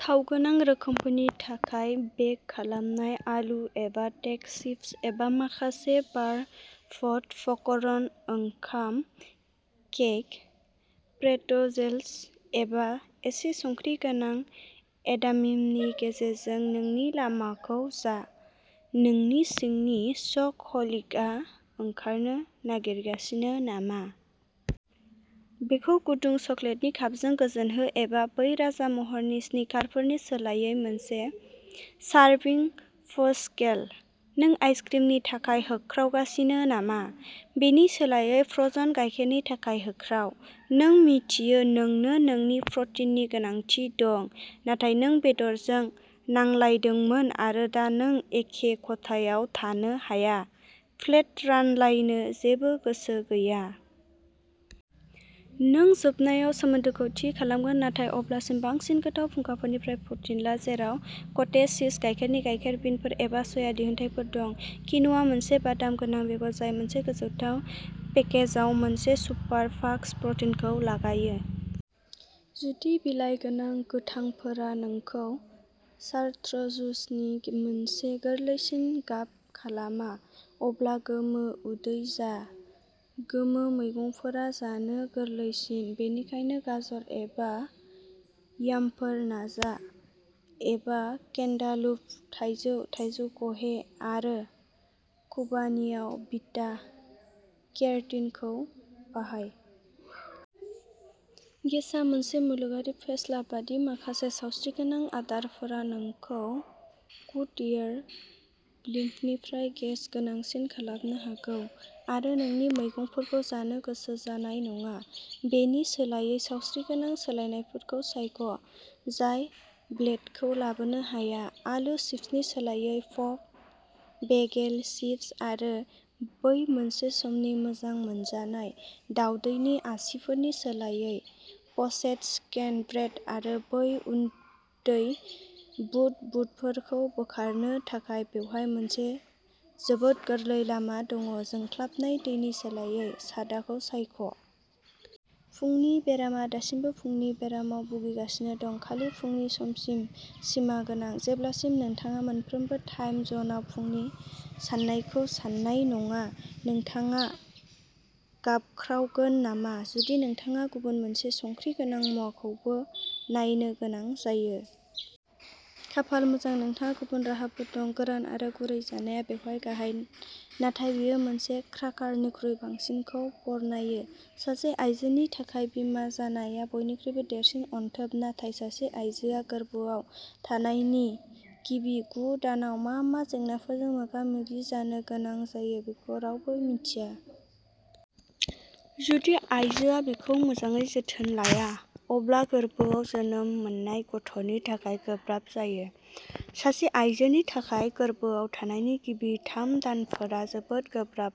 थाव गोनां रोखोमफोरनि थाखाय बेक खालामनाय आलु एबा टेक' चिप्स एबा माखासे बार पप्ड पपकर्न, ओंखाम केक, प्रेटजेल्स, एबा एसे संख्रि गोनां एडामेमनि गेजेरजों नोंनि लामाखौ जा। नोंनि सिंनि चक'हलिकआ ओंखारनो नागिरगासिनो नामा? बेखौ गुदुं चकलेटनि कापजों गोजोन हो एबा बै राजा महरनि स्निकारफोरनि सोलायै मोनसे सारभिं फजसिकेल। नों आइसक्रिमनि थाखाय होख्रावगासिनो नामा? बेनि सोलायै फ्र'जेन गाइखेरनि थाखाय होख्राव। नों मिन्थियो नोंनो नोंनि प्र'टिननि गोनांथि दं, नाथाय नों बेदरजों नांलायदोंमोन आरो दा नों एखे खथायाव थानो हाया, प्लेट रानलायनो जेबो गोसो गैया। नों जोबनायाव सोमोन्दोखौ थि खालामगोन, नाथाय अब्लासिम, बांसिन गोथाव फुंखाफोरनिफ्राय प्र'टिन ला, जेराव कटेज चीज, गाइखेरनि गाइखेर, बिनफोर, एबा सय दिहुनथायफोर दं क्विनोआ, मोनसे बादाम गोनां बेगर जाय मोनसे गोजोनथाव पेकेजाव मोनसे सुपार पाञ्च प्रटिनखौ लागायो। जुदि बिलाइ गोनां गोथांफोरा नोंखौ चार्ट्र्यूजनि मोनसे गोरलैसिन गाब खालामा, अब्ला गोमो उदै जा। गोमो मैगंफोरा जानो गोरलैसिन, बेनिखायनो गाजर एबा यामफोर नाजा, एबा केन्टालुप, थाइजौ, थाइजौ खहे आरो खुबानीआव बिटा केरटिनखौ बाहाय। गेसा मोनसे मुलुगारि फेस्ला बायदि माखासे सावस्रिगोनां आदारफोरा नोंखौ गुडइयार ब्लिम्पनिख्रुइ गेस गोनांसिन खालामनो हागौ आरो नोंनि मैगंफोरखौ जानो गोसो जानाय नङा। बेनि सोलायै सावस्रिगोनां सोलायनायफोरखौ सायख' जाय ब्लेटखौ लाबोनो हाया। आलु चिप्सनि सोलायै पप बेगेल चिप्स, आरो बै मोनसे समनि मोजां मोनजानाय दावदैनि आसिफोरनि सोलायै प'चेद चिकेन ब्रेस्ट आरो बै उदै बुदबुदफोरखौ बोखारनो थाखाय बेवहाय मोनसे जोबोद गोरलै लामा दङ' जोंख्लाबनाय दैनि सोलायै, सादाखौ सायख'। फुंनि बेरामा दासिमबो फुंनि बेरामाव भुगिगासिनो दं। खालि फुंनि समसिम सिमागोनां, जेब्लासिम नोंथाङा मोनफ्रोमबो टाइम जनआव फुंनि साननायखौ सान्नाय नङा? नोंथाङा गाबख्रावगोन नामा, जुदि नोंथाङा गुबुन मोनसे संख्रि गोनां मुवाखौबो नायनो गोनां जायो? खाफाल मोजां, नोंथांङा गुबुन राहाफोर दं। गोरान आरो गुरै जानाया बेवहाय गाहाय, नाथाय बेयो मोनसे क्राकारनिख्रुइ बांसिनखौ बरनायो। सासे आइजोनि थाखाय बिमा जानाया बयनिख्रुइबो देरसिन अनथोब। नाथाय सासे आइजोआ गोर्बोआव थानायनि गिबि गु दानाव मा मा जेंनाफोरजों मोगा मोगि जानो गोनां जायो बेखौ रावबो मिन्थिया। जुदि आइजोआ बिखौ मोजाङै जोथोन लाया, अब्ला गोरबोआव जोनोम मोननाय गथ'नि थाखाय गोब्राब जायो। सासे आइजोनि थाखाय, गोर्बोआव थानायनि गिबि थाम दानफोरा जोबोद गोब्राब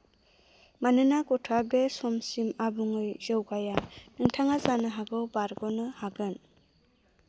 मानोना गथ'आ बे समसिम आबुङै जौगाया। नोंथाङा जानो हागौ बारग'नो हागोन।